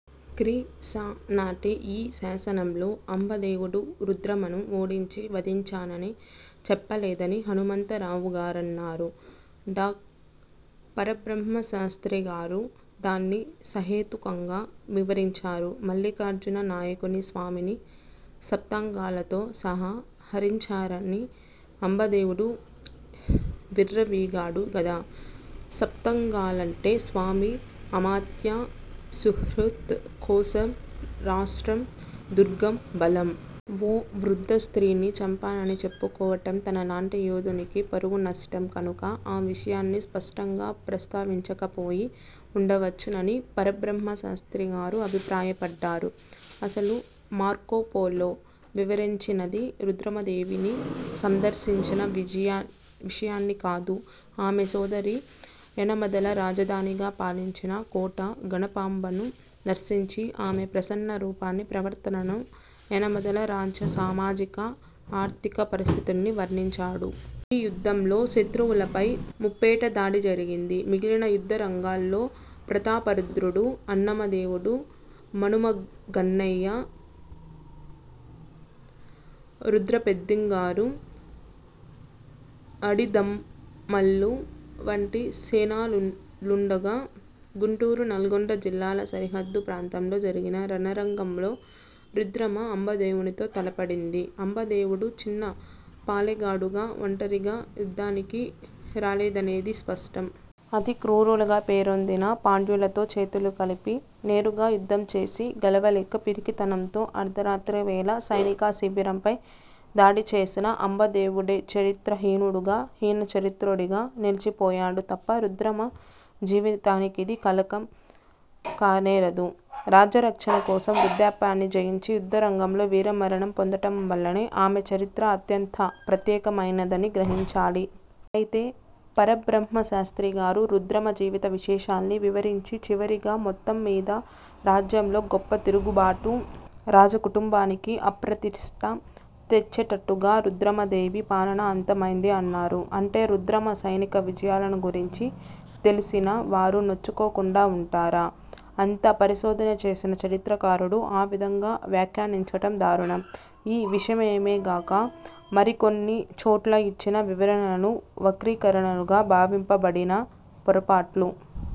క్రీ. శ. నాటి ఈ శాసనంలో అంబదేవుడు రుద్రమను ఓడించి వధించానని చెప్పలేదని హనుమంతరావుగారన్నారు. డా. పరబ్రహ్మశాస్త్రిగారు దాన్ని సహేతుకంగా వివరించారు. మల్లికార్జున నాయకుని స్వామి ని సప్తాంగాలతో సహా హరించారని అంబదేవుడు విర్రవీగాడు గదా! సప్తాంగాలంటే స్వామి, అమాత్య, సుహృత్, కోశం, రాష్ట్రం, దుర్గం, బలం. ''ఓ వృద్ధ స్త్రీని చంపానని చెప్పుకోవటం తనలాంటి యోధునికి పరువునష్టం కనుక ఆ విషయాన్ని స్పష్టంగా ప్రస్తావించకపోయి ఉండవచ్చు''నని పరబ్రహ్మశాస్త్రిగారు అభిప్రాయ పడ్డారు. అసలు మార్కొపోలో వివరించినది రుద్రమదేవిని సందర్శించిన విజయాన్ని కాదు. ఆమె సోదరి, యనమదల రాజధానిగా పాలించిన కోట గణపాంబను దర్శించి, ఆమె ప్రసన్న రూపాన్ని, ప్రవర్తనను, యనమదల రాజ్య సామాజిక, ఆర్థిక పరిస్థితుల్ని వర్ణించాడు. ఈ యుద్ధంలో శత్రువుల పై ముప్పేట దాడి జరిగింది. మిగిలిన యుద్ధరంగాల్లో ప్రతాపరుద్రుడు, అన్నమ దేవుడు, మనుమగన్నయ, రుద్రపెద్దింగారు, అడిదంమల్లు వంటి సేనానులుండగా, గుంటూరు, నల్గొండ జిల్లాల సరిహద్దు ప్రాంతంలో జరిగిన రణరంగంలో రుద్రమ అంబదేవునితో తలపడింది. అంబదేవుడు చిన్నపాలెగాడుగా ఒంటరిగా యుద్ధానికి రాలేదనేది స్పష్టం. అతిక్రూరులుగా పేరొందిన పాండ్యులతో చేతులు కలిపి నేరుగా యుద్ధం చేసి గెలవలేక పిరికితనంతో అర్ధరాత్రివేళ సైనిక శిబిరంపై దాడి చేసిన అంబదేవుడే చరిత్రహీనుడుగా, హీనచరిత్రుడిగా నిలిచిపోయాడు తప్ప రుద్రమ జీవితానికిది కళంకం కానేరదు. రాజ్యరక్షణ కోసం వృద్ధాప్యాన్ని జయించి యుద్ధరంగంలో వీరమరణం పొందటంవల్లనే ఆమె చరిత్ర అత్యంత ప్రత్యేకమైనదని గ్రహించాలి. అయితే పరబ్రహ్మశాస్త్రిగారు రుద్రమ జీవిత విశేషాల్ని వివరించి చివరిగా, ''మొత్తం మీద రాజ్యంలో గొప్ప తిరుగుబాటు, రాజకుటుంబానికి అప్రతిష్ట తెచ్చేటట్టుగా రుద్రమదేవి పాలన అంతమైంది'' అన్నారు. అంటే రుద్రమ సైనిక విజయాలను గురించి తెలిసిన వారు నొచ్చుకోకుండా ఉంటారా? అంత పరిశోధన చేసిన చరిత్రకారుడు ఆవిధంగా వ్యాఖ్యానించటం దారుణం. ఈ విషయమేగాక మరికొన్ని చోట్ల ఇచ్చిన వివరణలు వక్రీకరణలుగా భావింపబడిన పొరపాట్లు